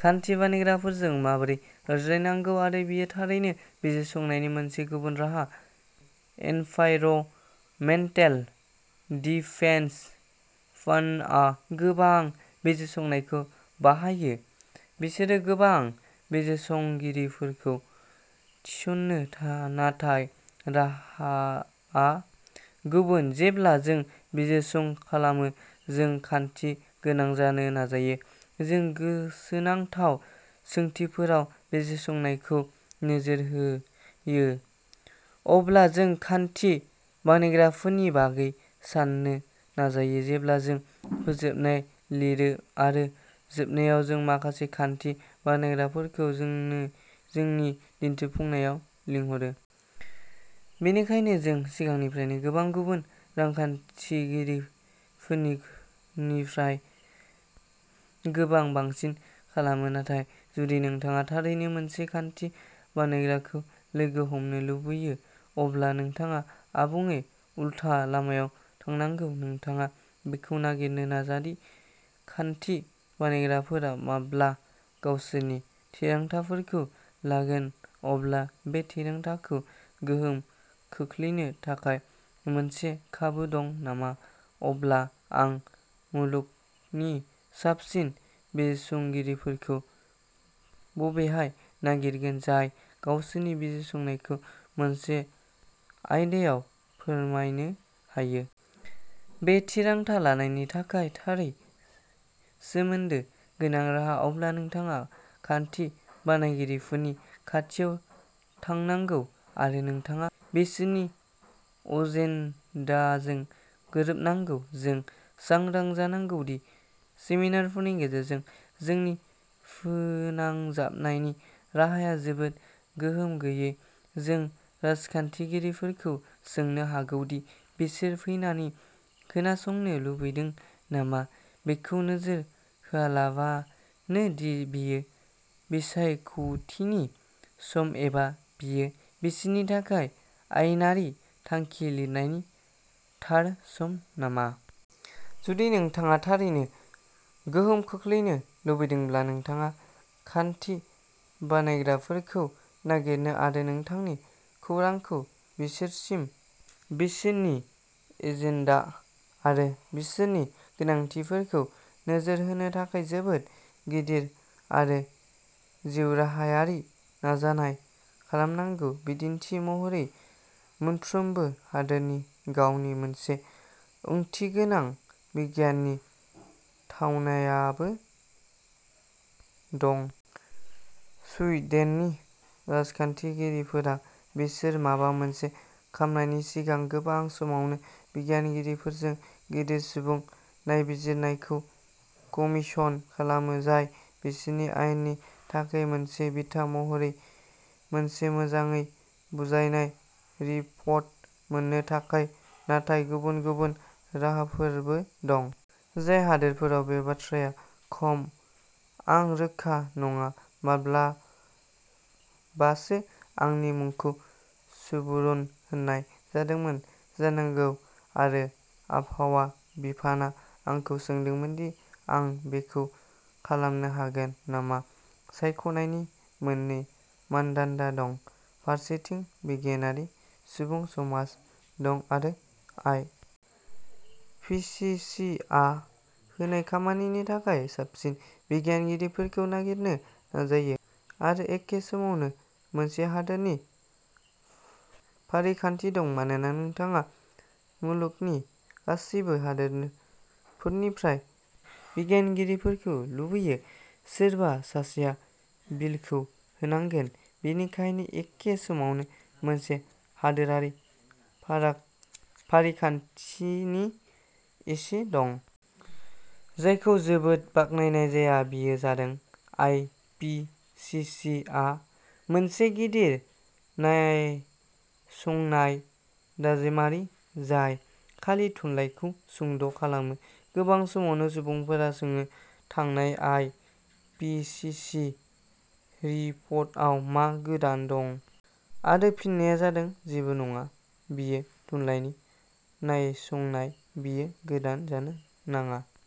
खान्थि बानायग्राफोरजों माबोरै रायज्लायनांगौ आरो बेयो थारैनो बिजिरसंनायनि मोनसे गुबुन राहा। एनभाइरनमेन्टेल डिफेन्स फान्डआ गोबां बिजिरसंनायखौ बाहायो, बिसोरो गोबां बिजिरसंगिरिफोरखौ थिसनो, नाथाय राहाआ गुबुन। जेब्ला जों बिजिरसं खालामो जों खान्थि गोनां जानो नाजायो, जों गोसोनांथाव सोंथिफोराव बिजिरसंनायखौ नोजोर होयो, अब्ला जों खान्थि बानायग्राफोरनि बागै साननो नाजायो जेब्ला जों फोजोबनाय लिरो आरो जोबनायाव जों माखासे खान्थि बानायग्राफोरखौ जोंनि दिन्थिफुंनायाव लिंहरो। बेनिखायनो जों सिगांनिफ्रायनो गोबां गुबुन रांखान्थिगिरिफोरनिख्रुइ गोबां बांसिन खालामो। नाथाय जुदि नोंथाङा थारैनो मोनसे खान्थि बानायग्राखौ लोगो हमनो लुबैयो, अब्ला नोंथाङा आबुङै उलथा लामायाव थांनांगौः नोंथाङा बेखौ नागिरनो नाजा दि खान्थि बानायग्राफोरा माब्ला गावसोरनि थिरांथाफोरखौ लागोन अब्ला बे थिरांथाखौ गोहोम खोख्लैनो थाखाय मोनसे खाबु दं नामा; अब्ला आं मुलुगनि साबसिन बिजिरसंगिरिफोरखौ बबेहाय नागिरगोन जाय गावसोरनि बिजिरसंनायखौ मोनसे आयदायाव फोरमायनो हायो। बे थिरांथा लानायनि थाखाय थारै सोमोन्दो गोनां राहा। अब्ला नोंथाङा खान्थि बानायगिरिफोरनि खाथियाव थांनांगौ, आरो नोंथाङा बिसोरनि एजेन्डाजों गोरोबनांगौ। जों सांग्रां जानांगौ दि सेमिनारफोरनि गेजेरजों जोंनि फोनांजाबनायनि राहाया जोबोद गोहोम गैयै। जों राजखान्थिगिरिफोरखौ सोंनो हागौ दि बिसोर फैनानै खोनासंनो लुबैदों नामा, बेखौ नोजोर होआलाबानो दि बेयो बिसायख'थिनि सम, एबा बेयो बिसोरनि थाखाय आयेनारि थांखि लिरनायनि थार सम नामा। जुदि नोंथाङा थारैनो गोहोम खोख्लैनो लुबैदोंब्ला नोंथाङा खान्थि बानायग्राफोरखौ नागिरनो आरो नोंथांनि खौरांखौ बिसोरसिम, बिसोरनि एजेन्डा आरो बिसोरनि गोनांथिफोरखौ नोजोर होनो थाखाय जोबोद गिदिर आरो जिउराहायारि नाजानाय खालामनांगौ। बिदिन्थि महरै, मोनफ्रोमबो हादोरनि गावनि मोनसे ओंथिगोनां बिगियाननि थावनायबो दं। सुइडेननि राजखान्थिगिरिफोरा, बिसोर माबा मोनसे खालामनायनि सिगां, गोबां समावनो बिगियानगिरिफोरजों गिदिर सुबुं नायबिजिरनायखौ कमिसन खालामो, जाय बिसोरनि आयेननि थाखाय मोनसे बिथा महरै मोनसे मोजाङै बुंजानाय रिपर्ट मोननो थाखाय। नाथाय गुबुन गुबुन राहाफोरबो दं। जाय हादोरफोराव बे बाथ्राया खम। आं रोखा नङा। माब्लाबासो आंनि मुंखौ सुबुरुन होनाय जादोंमोन जानांगौ आरो आबहावा बिफाना आंखौ सोंदोंमोन दि आं बेखौ खालामनो हागोन नामा। सायख'नायनि मोननै मानदान्दा दंः फारसेथिं बिगियानारि सुबुं समाज दं, आरो आइ. पि. सि. सि. आ होनाय खामानिनि थाखाय साबसिन बिगियानगिरिफोरखौ नागिरनो नाजायो, आरो एखे समावनो मोनसे हादोरनि फारिखान्थि दं मानोना नोंथाङा मुलुगनि गासैबो हादोरफोरनिफ्राय बिगियानगिरिफोरखौ लुबैयो। सोरबा सासेया बिलखौ होनांगोन, बेनिखायनो एखे समावनो मोनसे हादोरारि फारिखान्थिनि एसे दं। जायखौ जोबोद बाखनायनाय जाया बेयो जादों आइ. पि. सि. सि. आ मोनसे गिदिर नायसंनाय दाजेमारि जाय खालि थुनलाइखौ सुंद' खालामो। गोबां समावनो सुबुंफोरा सोङो थांनाय आइ. पि. सि. सि. रिपर्टाव मा गोदान दं? आरो फिननाया जादों जेबो नङा, बेयो थुनलाइनि नायसंनाय, बेयो गोदान जानो नाङा।